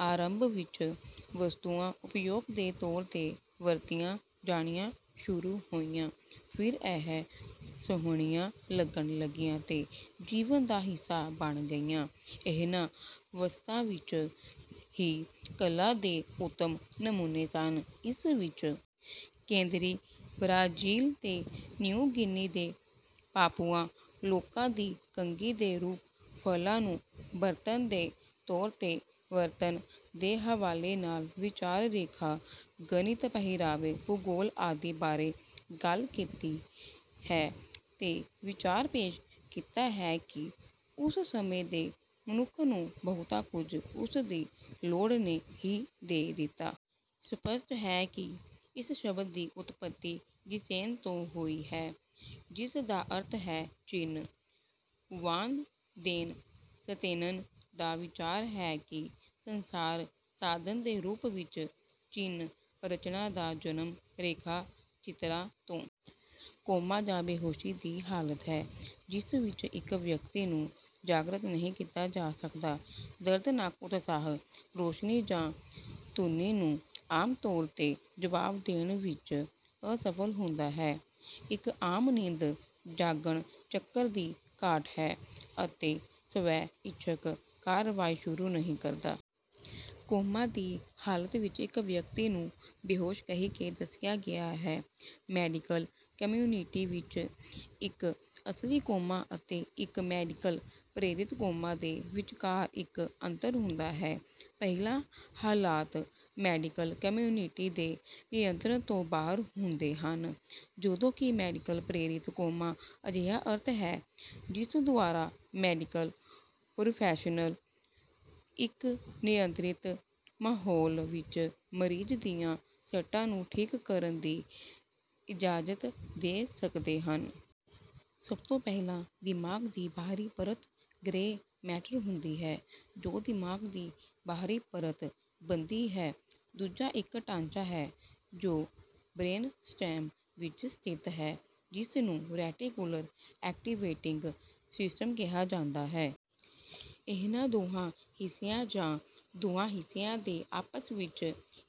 ਆਰੰਭ ਵਿੱਚ ਵਸਤੂਆਂ ਉਪਯੋਗ ਦੇ ਤੌਰ ਤੇ ਵਰਤੀਆਂ ਜਾਣੀਆਂ ਸ਼ੁਰੂ ਹੋਈਆਂ ਫਿਰ ਇਹ ਸੋਹਣੀਆਂ ਲੱਗਣ ਲੱਗੀਆਂ ਤੇ ਜੀਵਨ ਦਾ ਹਿੱਸਾ ਬਣ ਗਈਆਂ। ਇਹਨਾਂ ਵਸਤਾਂ ਵਿੱਚ ਹੀ ਕਲਾ ਦੇ ਉੱਤਮ ਨਮੂਨੇ ਸਨ। ਇਸ ਵਿੱਚ ਕੇਂਦਰੀ ਬ੍ਰਾਜ਼ੀਲ ਤੇ ਨਿਊ ਗਿਨੀ ਦੇ ਪਾਪੂਆ ਲੋਕਾਂ ਦੀ ਕੰਘੀ ਦੇ ਰੂਪ ਫਲਾਂ ਨੂੰ ਬਰਤਨ ਦੇ ਤੌਰ ਤੇ ਵਰਤਣ ਦੇ ਹਵਾਲੇ ਨਾਲ ਵਿਚਾਰ ਰੇਖਾ ਗਣਿਤ ਪਹਿਰਾਵੇ ਭੂਗੋਲ ਆਦਿ ਬਾਰੇ ਗੱਲ ਕੀਤੀ ਹੈ ਤੇ ਵਿਚਾਰ ਪੇਸ਼ ਕੀਤਾ ਹੈ ਕਿ ਉਸ ਸਮੇਂ ਦੇ ਮਨੁੱਖ ਨੂੰ ਬਹੁਤਾ ਕੁਝ ਉਸਦੀ ਲੋੜ ਨੇ ਹੀ ਦੇ ਦਿੱਤਾ। ਸਪੱਸ਼ਟ ਹੈ ਕਿ ਇਸ ਸ਼ਬਦ ਦੀ ਉਤਪਤੀ ਜ਼ੀਸ਼ੇਨ ਤੋਂ ਹੋਈ ਹੈ ਜਿਸ ਦਾ ਅਰਥ ਹੈ ਚਿੰਨ੍ਹ। ਵਾਨ ਦੇਨ ਸਤੇਨੇਨ ਦਾ ਵਿਚਾਰ ਹੈ ਕਿ ਸੰਸਾਰ ਸਾਧਨ ਦੇ ਰੂਪ ਵਿੱਚ ਚਿੰਨ੍ਹ ਰਚਨਾ ਦਾ ਜਨਮ ਰੇਖਾ ਚਿੱਤਰਾਂ ਤੋਂ। ਕੋਮਾ ਜਾਂ ਬੇਹੋਸ਼ੀ ਦੀ ਹਾਲਤ ਹੈ ਜਿਸ ਵਿੱਚ ਇੱਕ ਵਿਅਕਤੀ ਨੂੰ ਜਾਗਰਤ ਨਹੀਂ ਕੀਤਾ ਜਾ ਸਕਦਾ। ਦਰਦਨਾਕ ਉਤਸ਼ਾਹ ਰੌਸ਼ਨੀ ਜਾਂ ਧੁਨੀ ਨੂੰ ਆਮ ਤੌਰ ਤੇ ਜਵਾਬ ਦੇਣ ਵਿੱਚ ਅਸਫਲ ਹੁੰਦਾ ਹੈ। ਇੱਕ ਆਮ ਨੀਂਦ ਜਾਗਣ ਚੱਕਰ ਦੀ ਘਾਟ ਹੈ ਅਤੇ ਸਵੈ ਇੱਛਕ ਕਾਰਵਾਈ ਸ਼ੁਰੂ ਨਹੀਂ ਕਰਦਾ। ਕੋਮਾ ਦੀ ਹਾਲਤ ਵਿੱਚ ਇੱਕ ਵਿਅਕਤੀ ਨੂੰ ਬੇਹੋਸ਼ ਕਹਿ ਕੇ ਦੱਸਿਆ ਗਿਆ ਹੈ। ਮੈਡੀਕਲ ਕਮਿਊਨਿਟੀ ਵਿੱਚ ਇੱਕ ਅਸਲੀ ਕੋਮਾ ਅਤੇ ਇੱਕ ਮੈਡੀਕਲ ਪ੍ਰੇਰਿਤ ਕੋਮਾ ਦੇ ਵਿਚਕਾਰ ਇੱਕ ਅੰਤਰ ਹੁੰਦਾ ਹੈ ਪਹਿਲਾ ਹਾਲਾਤ ਮੈਡੀਕਲ ਕਮਿਊਨਿਟੀ ਦੇ ਨਿਯੰਤਰਣ ਤੋਂ ਬਾਹਰ ਹੁੰਦੇ ਹਨ ਜਦੋਂ ਕਿ ਮੈਡੀਕਲ ਪ੍ਰੇਰਿਤ ਕੋਮਾ ਅਜਿਹਾ ਅਰਥ ਹੈ ਜਿਸ ਦੁਆਰਾ ਮੈਡੀਕਲ ਪ੍ਰੋਫੈਸ਼ਨਲ ਇੱਕ ਨਿਯੰਤਰਿਤ ਮਾਹੌਲ ਵਿੱਚ ਮਰੀਜ਼ ਦੀਆਂ ਸੱਟਾਂ ਨੂੰ ਠੀਕ ਕਰਨ ਦੀ ਇਜਾਜ਼ਤ ਦੇ ਸਕਦੇ ਹਨ। ਸਭ ਤੋਂ ਪਹਿਲਾਂ ਦਿਮਾਗ ਦੀ ਬਾਹਰੀ ਪਰਤ ਗ੍ਰੇ ਮੈਟਰ ਹੁੰਦੀ ਹੈ ਜੋ ਦਿਮਾਗ ਦੀ ਬਾਹਰੀ ਪਰਤ ਬਣਦੀ ਹੈ। ਦੂਜਾ ਇੱਕ ਢਾਂਚਾ ਹੈ ਜੋ ਬ੍ਰੇਨਸਟੈਮ ਵਿੱਚ ਸਥਿਤ ਹੈ ਜਿਸ ਨੂੰ ਰੈਟੀਕੂਲਰ ਐਕਟੀਵੇਟਿੰਗ ਸਿਸਟਮ ਕਿਹਾ ਜਾਂਦਾ ਹੈ। ਇਹਨਾਂ ਦੋਹਾਂ ਹਿੱਸਿਆਂ ਜਾਂ ਦੋਵਾਂ ਹਿੱਸਿਆਂ ਦੇ ਆਪਸ ਵਿੱਚ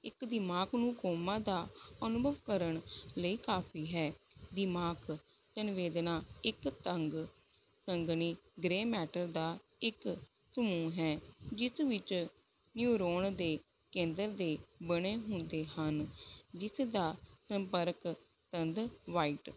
ਇੱਕ ਦਿਮਾਗ ਨੂੰ ਕੋਮਾ ਦਾ ਅਨੁਭਵ ਕਰਨ ਲਈ ਕਾਫੀ ਹੈ। ਦਿਮਾਗ ਸੰਵੇਦਨਾ ਇੱਕ ਤੰਗ ਸੰਘਣੀ ਗ੍ਰੇ ਮੈਟਰ ਦਾ ਇੱਕ ਸਮੂਹ ਹੈ ਜਿਸ ਵਿੱਚ ਨਿਊਰੋਨ ਦੇ ਕੇਂਦਰ ਦੇ ਬਣੇ ਹੁੰਦੇ ਹਨ ਜਿਸਦਾ ਸੰਪਰਕ ਤਦ ਵ੍ਹਾਈਟ।